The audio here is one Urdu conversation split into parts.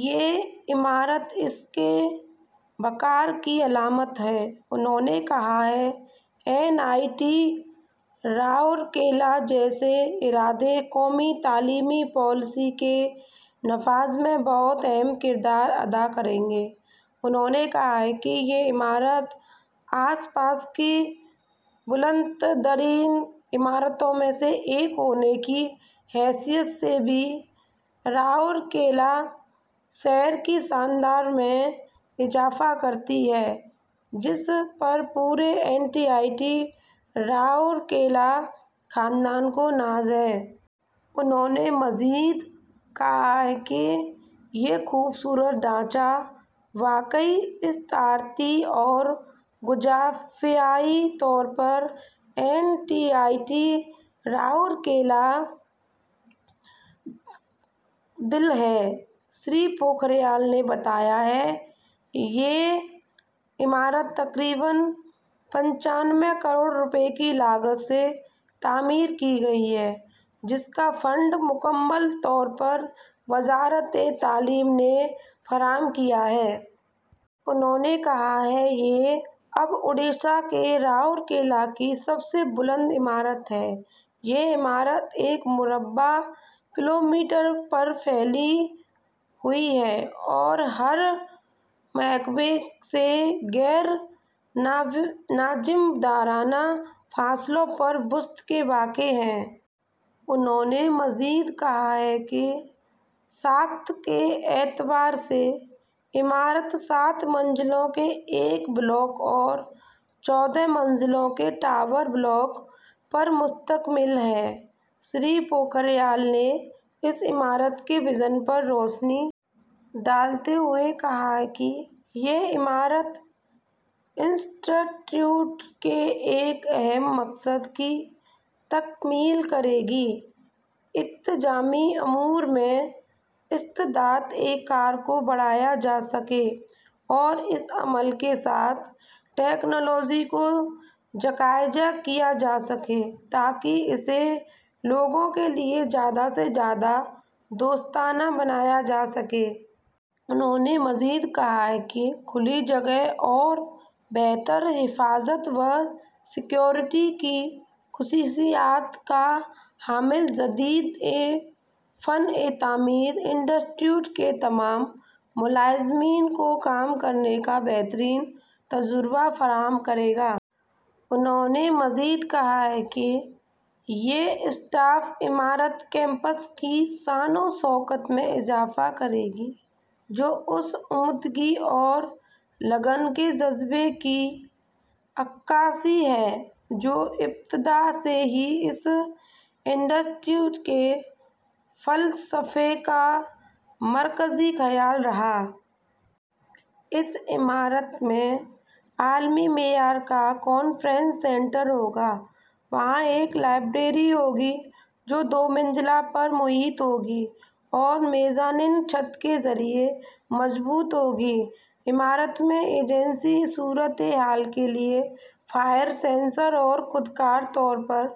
یہ عمارت اس کے وقار کی علامت ہے۔ انہوں نے کہا کہ این آئی ٹی رورکیلا جیسے ادارے قومی تعلیمی پالیسی کے نفاذ میں بہت اہم کردار ادا کریں گے۔ انہوں نے کہا کہ یہ عمارت آس پاس کی بلند ترین عمارتوں میں سے ایک ہونے کی حیثیت سے بھی رورکیلا شہر کی شان میں اضافہ کرتی ہے، جس پر پورے این آئی ٹی رورکیلا خاندان کو ناز ہے۔ انہوں نے مزید کہا کہ یہ خوبصورت ڈھانچہ واقعی استعاراتی اور جغرافیائی طور پر ’این آئی ٹی رورکیلا کا دل‘ ہے۔ شری پوکھریال نے بتایا کہ یہ عمارت تقریباً پچانوے کروڑ روپے کی لاگت سے تعمیر کی گئی ہے، جس کا فنڈ مکمل طور پر وزارت تعلیم نے فراہم کیا ہے۔ انہوں نے کہا کہ یہ اب اوڈیشہ کے رورکیلا کی سب سے بلند عمارت ہے۔ یہ عمارت مربع کلومیٹر پر پھیلی ہوئی ہے اور ہر محکمہ سے غیر جانب دارانہ فاصلے پر، وسط میں واقع ہے۔ انہوں نے مزید کہا کہ ساخت کے اعتبار سے عمارت سات منزلوں کے ایک بلاک اور چودہ منزلوں کے ٹاور بلاک پر مشتمل ہے۔ شری پوکھریال نے اس عمارت کے وژن پر روشنی ڈالتے ہوئے کہا کہ یہ عمارت انسٹی ٹیوٹ کے ایک اہم مقصد کی تکمیل کرے گی کہ انتظامی امور میں استعدادِ کار کو بڑھایا جا سکے اور اس عمل کے ساتھ ٹیکنالوجی کو یکجا کیا جا سکے تاکہ اسے لوگوں کے لیے زیادہ سے زیادہ دوستانہ بنایا جا سکے۔ انہوں نے مزید کہا کہ کھلی جگہوں اور بہتر حفاظت و سیکیورٹی کی خصوصیات کا حامل جدید فنِ تعمیر انسٹی ٹیوٹ کے تمام ملازمین کو کام کرنے کا بہترین تجربہ فراہم کرے گا۔ انہوں نے مزید کہا کہ یہ اسمارٹ عمارت کیمپس کی شان و شوکت میں اضافہ کرے گی، جو اس عمدگی اور لگن کے جذبے کی عکاس ہے جو ابتدا ہی سے اس انسٹی ٹیوٹ کے فلسفے کا مرکزی خیال رہا ہے۔ اس عمارت میں عالمی معیار کا کانفرنس سینٹر ہوگا۔ وہاں ایک لائبریری ہوگی جو دو منزلوں پر محیط ہوگی اور میزانین چھت کے ذریعے مربوط ہوگی۔ عمارت میں ہنگامی صورتحال کے لیے فائر سینسرز اور خودکار طور پر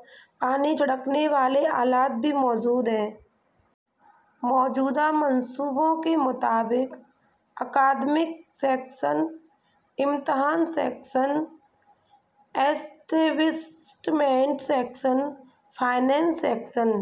پانی چھڑکنے والے آلات بھی موجود ہیں۔ موجودہ منصوبے کے مطابق اکیڈمک سیکشن، امتحان section, establishment section, finance section,